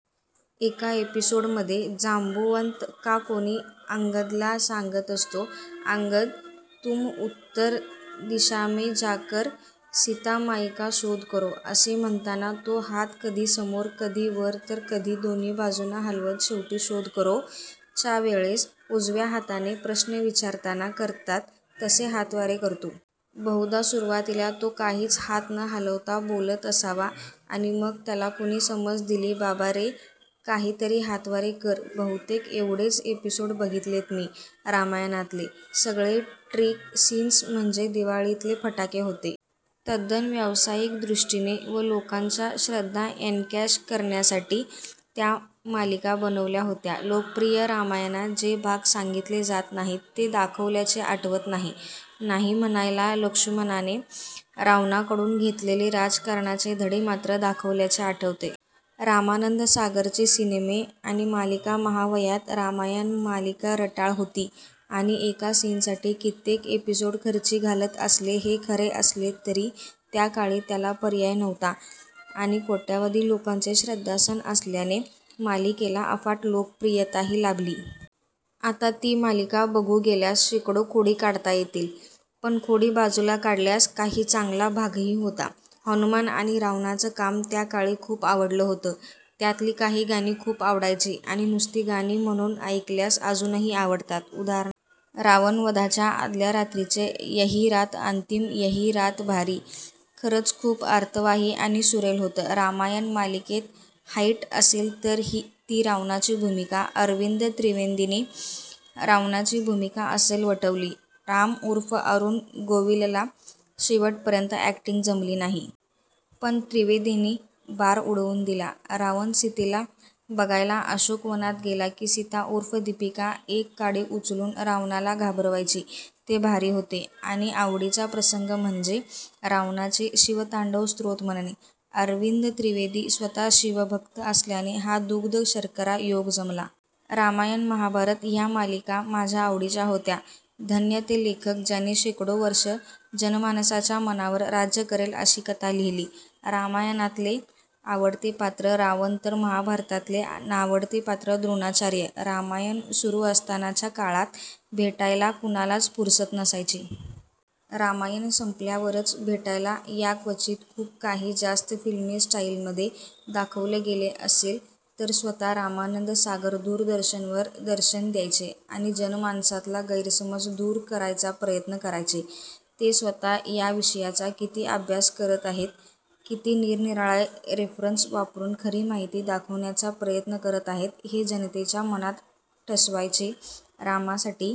एका एपीसोड मध्ये जांबुवंत का कोणी अंगदला सांगत असतो "अंगद, तुम उत्तर दिशामे जाकर सीता माई का शोध करो. " असे म्हणताना तो हात कधी समोर, कधी वर तर कधी दोन्ही बाजूंना हलवत शेवटी "शोध करो" च्या वेळेस उजव्या हाताने, प्रश्न विचारताना करतात तसे हातवारे करतो. बहुधा सुरवातीला तो काहीच हात न हलवता बोलत असावा आणि मग त्याला कुणी समज दिली बाबा रे काही तरी हातवारे कर. बहुतेक एवढेच एपिसोड बघितलेत मी. रामायणातले सगळे ट्रिक सीन्स म्हणजे दिवाळीतले फटाके होते.. तद्दन व्यावसायिक दृष्टीने व लोकांच्या श्रद्धा एनकॅश करण्यासाठी त्या मालिका बनवल्या होत्या. लोकप्रिय रामायणात जे भाग सांगितले जात नाहीत ते दाखवल्याचे आठवत नाही. नाही म्हणायला लक्ष्मणाने रावणाकडून घेतलेले राजकारणाचे धडे मात्र दाखवल्याचे आठवतेय. रामानन्द सागरचे सिनेमे आणि मालिका महावाह्यात. रामायण मालिका रटाळ होती आणि एका सीनसाठी कित्येक एपिसोड खर्ची घालत असले हे खरे असले तरी त्याकाळी त्याला पर्याय नव्हता आणि कोट्यावधी लोकांचे श्रध्दास्थान असल्याने मालिकेला अफाट लोकप्रियताही लाभली. आता ती मालिका बघू गेल्यास शेकडो खोडी काढता येतील. पण खोडी बाजूला काढल्यास काही चांगला भागही होता. हनुमान आणि रावणाचं काम त्याकाळी खूप आवडलं होतं. त्यातली काही गाणी खूप आवडायची आणि नुसती गाणी म्हणून ऐकल्यास अजूनही आवडतात, उदा. रावणवधाच्या आदल्या रात्रीचे 'यही रात अंतिम यही रात भारी' खरंच खूप अर्थवाही आणि सुरेल होतं. रामायण मालिकेत हाईट असेल तर ती रावणाची भूमिका. अरविंद त्रिवेंदींनी रावणाची भूमिका अस्सल वठवली. राम उर्फ अरुण गोविलला शेवटपर्यंत अॅक्टिंग जमली नाही. पण त्रिवेदींनी बार उडवुन दिला. रावण सीतेला बघायला अशोक वनात गेला की सीता उर्फ दिपीका एक काडी उचलुन रावणाला घाबरवायची ते भारी होते. आणी आवडीचा प्रसंग म्हणजे रावणाचे शिवतांडव स्तोत्र म्हणणे. अरविंद त्रिवेदी स्वतः शिव भक्त असल्याने हा दुग्ध-शर्करा योग जमला. रामायण, महाभारत ह्या मालिका माझ्या आवडीच्या होत्या. धन्य ते लेखक ज्यांनी शेकडो वर्षे जनमानसाच्या मनावर राज्य करेल अशी कथा लिहली. रामायणातले आवडते पात्र रावण तर महाभारतातले नावडते पात्र द्रोणाचार्य. रामायण सुरु असतानाच्या काळात भेटायला कुणालाच फुरसत नसायची. रामायण सम्पल्यावरच भेटायला याक्वचित खुप काही 'जास्त' फिल्मी स्टाईलमधे दाखवले गेले असेल तर स्वत: रामानन्द सागर दुरदर्शनवर दर्शन द्यायचे आणि जनमानसातला गैरसमज दुर करायचा प्रयत्न करायचे. ते स्वत: या विषयाचा किती अभ्यास करर आहेत, किती निर-निराळे रेफरन्स वापरुन खरी माहिती दाखवण्याचा प्रयत्न करत आहेत हे जनतेच्या मनात ठसवायचे. रामासाठी